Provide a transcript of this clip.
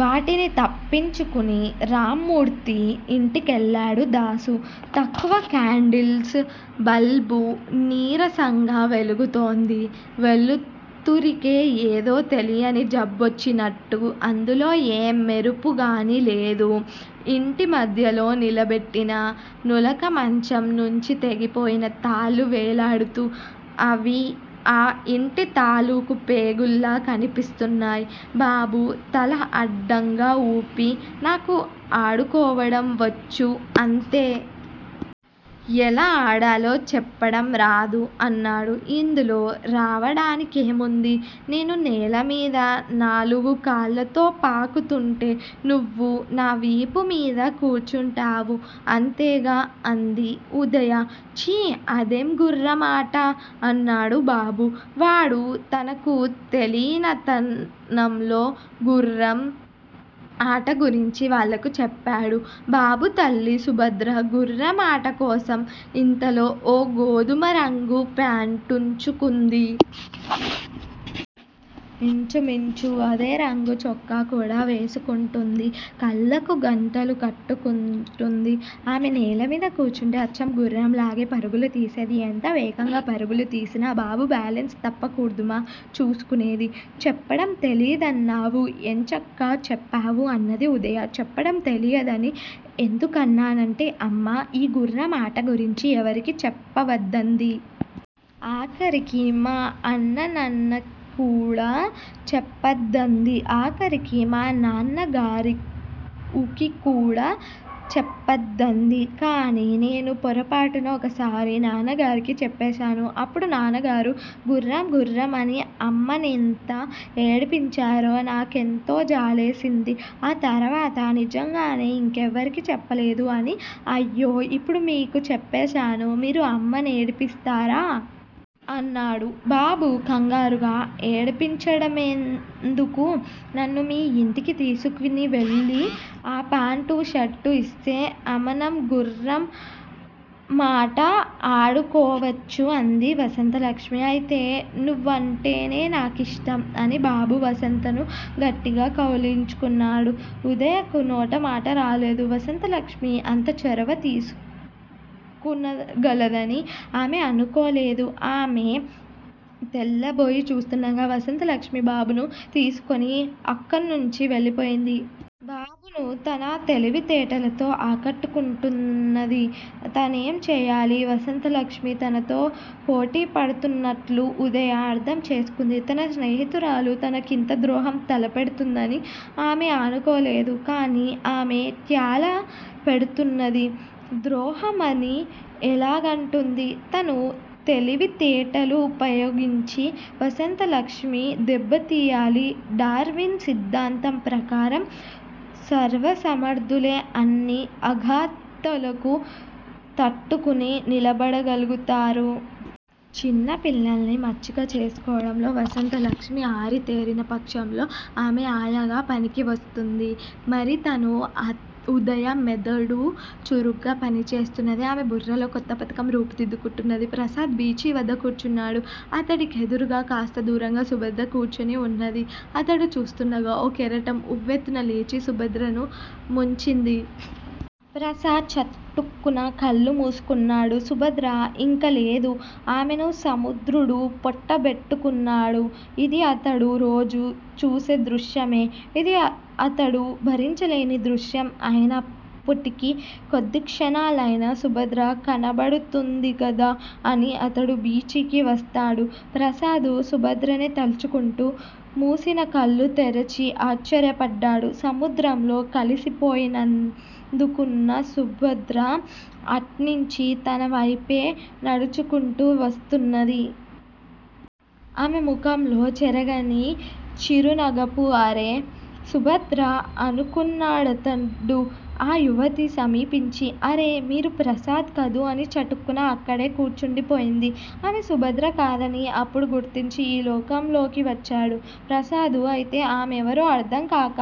వాటిని తప్పించుకుని రామ్మూర్తి ఇంటికెళ్ళాడు దాసు. తక్కువ క్యాండిల్స్ బల్బు నీరసంగా వెలుగుతోంది. వెలుతురికే ఏదో తెలియని జబ్బొచ్చినట్టు అందులో ఏ మెరుపుగానీ లేదు. ఇంటిమధ్యలో నిలబెట్టిన నులకమంచం నుంచి తెగిపోయిన తాళ్లు వేలాడుతూ అ వి ఆ ఇంటి తాలుకూ పేగుల్లా కనిపిస్తున్నాయి. బాబు తల అడ్డంగాఊపి నాకు ఆడుకోవడం వచ్చు అంతే! ఎలా ఆడాలో చెప్పడంరాదు అన్నాడు. ఇందులో రావడానికేముంది? నేను నేలమీద నాలుగుకాళ్ళతో పాకుతూంటే నువ్వు నావీపుమీద కూర్చుంటావు. అంతేగా? అంది. ఉదయ. ఛీ అదేం గుఱ్ఱం అట అన్నాడు బాబు. వాడు తనకు తెలినతంలో గుఱ్ఱం అట గురించి వాళ్ళకు చెప్పాడు. బాబు తల్లి సుభద్ర గుఱ్ఱం అట కోసం ఇంతలో ఓ గోధుమరంగు ప్యాంటుంచుకుంది. ఇంచుమించు అదే రంగు చొక్కాకూడా వేసుకుంటుంది. కళ్ళకు గంతలు కట్టుకుంటుంది. ఆమె నేలమీద కూర్చుంటే అచ్చం గుఱ్ఱం లాగే పరుగులు తీసేది. ఎంత వేగంగా పరుగులు తీసినా బాబు బ్యాలెన్సు తపకుమ్డా చూసుకునేది. చెప్పడం తెలియదన్నావు. ఎంచక్కా చెప్పావు అన్నది ఉదయ. చెప్పడం తెలియదని ఎందుకన్నానంటే అమ్మ ఈ గుఱ్ఱం అట గురించి ఎవరికీ చెప్పావద్దంది. ఆఖరికి మా అన్నన్నకికూడా చెప్పద్దంది. ఆఖరికి మా నన్నగరిఉకికూడా చెప్పద్దంది. కానీ నేను పొరపాటున ఒకసారి నాన్నగారికి చెప్పేశాను. అప్పుడు నాన్నగారు గుఱ్ఱం గుఱ్ఱం అని అమ్మనేంత ఏడిపించారో నాకెంతో జాలేసింది. ఆ తర్వాత నిజంగానే ఇంకెవ్వరికీ చెప్పలేదు అని అయ్యో ఇప్పుడు మీకు చెప్పేశాను మీరు అమ్మ నేడిపిస్తారా? ఆన్నాడు. బాబు కంగారుగా. ఏడిపించడంమెందుకు? నన్ను మీ యింటికి తీసుకునివెళ్ళి ఆపాంటూ షర్టూ ఇస్తే అమనం గుఱ్ఱమాట అడుకోవచ్చు అంది వసంతలక్ష్మి. అయితే నువ్వుంటేనే నాకిష్టం అని బాబు వసంతను గట్టిగా కౌగలించుకున్నాడు. ఉదయకు నోటమటారాలేదు. వసంతలక్ష్మిఅంత చొరవ తీసుకునగలదని ఆమె అనుకోలేదు. ఆమె తెల్లబోయి చూస్తుండగా వసంతలక్ష్మి బాబును తీసుకుని అక్కణ్ణుంచి వెళ్ళిపోయింది. బాబును తన తెలివితేటలతో ఆకట్టుకుంటున్నది. తనెంచేయాలి? వసంతలక్ష్మి తనతో పోటీపడుతున్నట్లు ఉదయ అర్ధంచేసుకుంది. తన స్నేహితురాలు తనకింత ద్రోహం తలపెడుతుందని ఆమె అనుకోలేదు. కానీ ఆమె ట్యాల పెడుతున్నది. ద్రోహమని ఎలాగంటుంది? తనూ తెలివితేటలుపయోగించి వసంతలక్ష్మి దెబ్బతీయాలి డార్వీన్ సిద్దాంతం ప్రకారం సర్వసమర్ధులే అన్ని అఘాతలకూ తట్టుకుని నిలబడగల్గుతారు. చిన్నపిల్లల్ని మచ్చిక చేసుకోవడంలో వసంతలక్ష్మి అరితేరినపక్షంలో ఆమె ఆయాగా పనికివస్తుంది. మరితను ఉదయ మెదడు చురుగ్గా పనిచేస్తున్నది. ఆమె బుర్రలో కొత్తపథకం రూపు దిద్దుకుంటున్నది. ప్రసాద్ బీచివద్ద కూర్చున్నాడు. అతడి కెదురుగా కాస్త దూరంగా సుభద్ర కూర్చుని ఉన్నది. అతడు చూస్తుండగా ఓ కెరటం ఉవ్వెత్తునలేచి సుభద్రను ముంచింది. ప్రసాద్ చటుక్కున కళ్ళు మూసుకున్నాడు. సుభద్ర ఇంకలేదు. ఆమెను సముద్రుడు పొట్టబెట్టుకున్నాడు. ఇది అతడు రోజూ చూసే దృశ్యమే! ఇది అతడు భరించలేని దృశ్యం అయినప్పుటికి కొద్దిక్షణాలైనా సుభద్ర కనబడుతుందిగదా అని అతడు బీచికి వస్తాడు. ప్రసాదు సుభద్రనే తల్చుకుంటూ మూసినకళ్ళు తెరచి ఆశ్చర్యపడ్డాడు. సముద్రంలో కలసిపోయిందనుకున్న సుభద్ర అట్నించి తనవైపే నడుచుకుంటూ వస్తున్నది. ఆమె ముఖంలో చెరగని చిరునగపు అరే సుభద్ర అనుకున్నాడతడు. ఆ యువతి సమీపించి __ అరే __ మీరు ప్రసాద్ కదూ అని చటుక్కున అక్కడే కూర్చుండిపోయింది. ఆమె సుభద్ర కాదని అప్పుడు గుర్తించి ఈ లోకంలోకి వచ్చాడు. ప్రసాదు అయితే ఆమె ఎవరో అర్ధంకాక